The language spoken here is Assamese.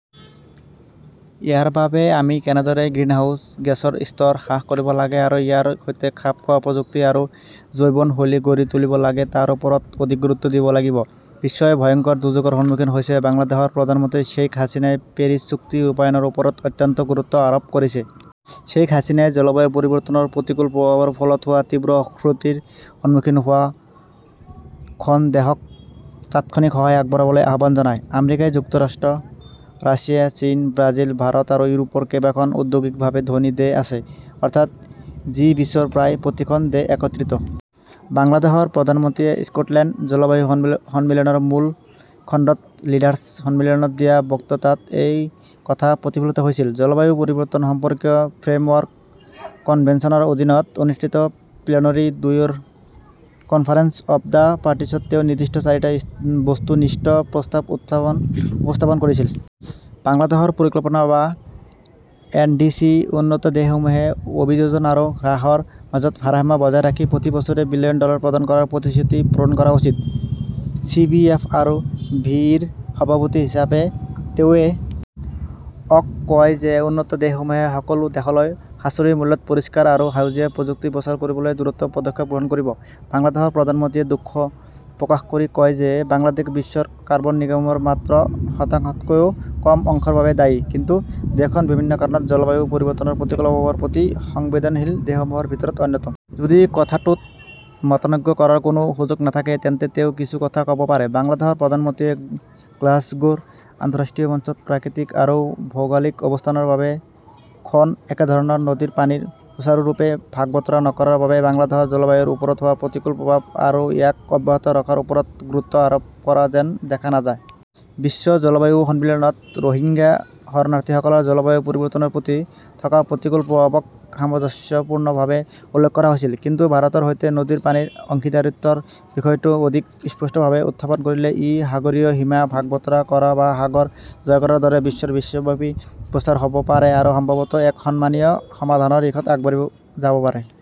ইয়াৰ বাবে আমি কেনেদৰে গ্ৰিনহাউজ গেছৰ স্তৰ হ্ৰাস কৰিব লাগে আৰু ইয়াৰ সৈতে খাপ খোৱা প্ৰযুক্তি আৰু জৈৱনশৈলী গঢ়ি তুলিব লাগে তাৰ ওপৰত অধিক গুৰুত্ব দিব লাগিব। বিশ্বই ভয়ংকৰ দুৰ্যোগৰ সন্মুখীন হৈছে বাংলাদেশৰ প্ৰধানমন্ত্ৰী শ্বেইখ হাছিনাই পেৰিছ চুক্তি ৰূপায়ণৰ ওপৰত অত্যন্ত গুৰুত্ব আৰোপ কৰিছে। শ্বেইখ হাছিনাই জলবায়ু পৰিৱৰ্তনৰ প্ৰতিকূল প্ৰভাৱৰ ফলত হোৱা তীব্ৰ ক্ষতিৰ সন্মুখীন হোৱা খন দেশক তাৎক্ষণিক সহায় আগবঢ়াবলৈ আহ্বান জনায়। আমেৰিকা যুক্তৰাষ্ট্ৰ, ৰাছিয়া, চীন, ব্ৰাজিল, ভাৰত আৰু ইউৰোপৰ কেইখন ঔদ্যোগিকভাৱে ধনী দেশ আছে। অৰ্থাৎ, জি- বিছৰ প্ৰায় প্ৰতিখন দেশ একত্ৰিত। বাংলাদেশৰ প্ৰধানমন্ত্ৰীয়ে স্কটলেণ্ড জলবায়ু সন্মিলন সন্মিলনৰ মূল খণ্ডত লিডাৰ্ছ সন্মিলনত দিয়া বক্তৃতাত এই কথা প্ৰতিফলিত হৈছিল। জলবায়ু পৰিৱৰ্তন সম্পৰ্কীয় ফ্ৰেমৱৰ্ক কনভেনচনৰ অধীনত অনুষ্ঠিত প্লেনৰী- দুইৰ কনফাৰেন্স অৱ দ্য পাৰ্টিছত তেওঁ নিৰ্দিষ্ট চাৰিটা বস্তুনিষ্ঠ প্ৰস্তাৱ উত্থাপন উপস্থাপন কৰিছিল। বাংলাদেশৰ পৰিকল্পনা বা এন. ডি. চি. উন্নত দেশসমূহে অভিযোজন আৰু হ্ৰাসৰ মাজত ভাৰসাম্য বজাই ৰাখি প্ৰতি বছৰে বিলিয়ন ডলাৰ প্ৰদান কৰাৰ প্ৰতিশ্ৰুতি পূৰণ কৰা উচিত;. চি. ভি. এফ. আৰু ভি- -ৰ সভাপতি হিচাপে তেওঁ এ. অ'ক কয় যে উন্নত দেশসমূহে সকলো দেশলৈ সাশ্ৰয়ী মূল্যত পৰিষ্কাৰ আৰু সেউজীয়া প্ৰযুক্তি প্ৰচাৰ কৰিবলৈ দ্ৰুত পদক্ষেপ গ্ৰহণ কৰিব। বাংলাদেশৰ প্ৰধানমন্ত্ৰীয়ে দুখ প্ৰকাশ কৰি কয় যে বাংলাদেশ বিশ্বৰ কাৰ্বন নিৰ্গমনৰ মাত্ৰ শতাংশতকৈ কম অংশৰ বাবে দায়ী কিন্তু দেশখন বিভিন্ন কাৰণত জলবায়ু পৰিৱৰ্তনৰ প্ৰতিকূল প্ৰভাৱৰ প্ৰতি সংবেদনশীল দেশসমূহৰ ভিতৰত অন্যতম। যদি কথাটোত মতানৈক্য কৰাৰ কোনো সুযোগ নাথাকে, তেন্তে তেওঁ কিছু কথা ক'ব পাৰে। বাংলাদেশৰ প্ৰধানমন্ত্ৰীয়ে গ্লাছগোৰ আন্তঃৰাষ্ট্ৰীয় মঞ্চত প্ৰাকৃতিক আৰু ভৌগোলিক অৱস্থানৰ বাবে খন একেধৰণৰ নদীৰ পানীৰ সুচাৰুৰূপে ভাগ-বতৰা নকৰাৰ বাবে বাংলাদেশৰ জলবায়ুৰ ওপৰত হোৱা প্ৰতিকূল প্ৰভাৱ আৰু ইয়াক অব্যাহত ৰখাৰ ওপৰত গুৰুত্ব আৰোপ কৰা যেন দেখা নাযায়। বিশ্ব জলবায়ু সন্মিলনত ৰোহিংগ্যা শৰণাৰ্থীসকলৰ জলবায়ু পৰিৱৰ্তনৰ প্ৰতি থকা প্ৰতিকূল প্ৰভাৱক সামঞ্জস্যপূৰ্ণভাৱে উল্লেখ কৰা হৈছিল, কিন্তু ভাৰতৰ সৈতে নদীৰ পানীৰ অংশীদাৰিত্বৰ বিষয়টো অধিক স্পষ্টভাৱে উত্থাপন কৰিলে ই সাগৰীয় সীমা ভাগ-বতৰা কৰা বা সাগৰ জয় কৰাৰ দৰে বিশ্বব্যাপী প্ৰচাৰ হ'ব পাৰে আৰু সম্ভৱতঃ এক সন্মানীয় সমাধানৰ দিশত আগবাঢ়িব যাব পাৰে।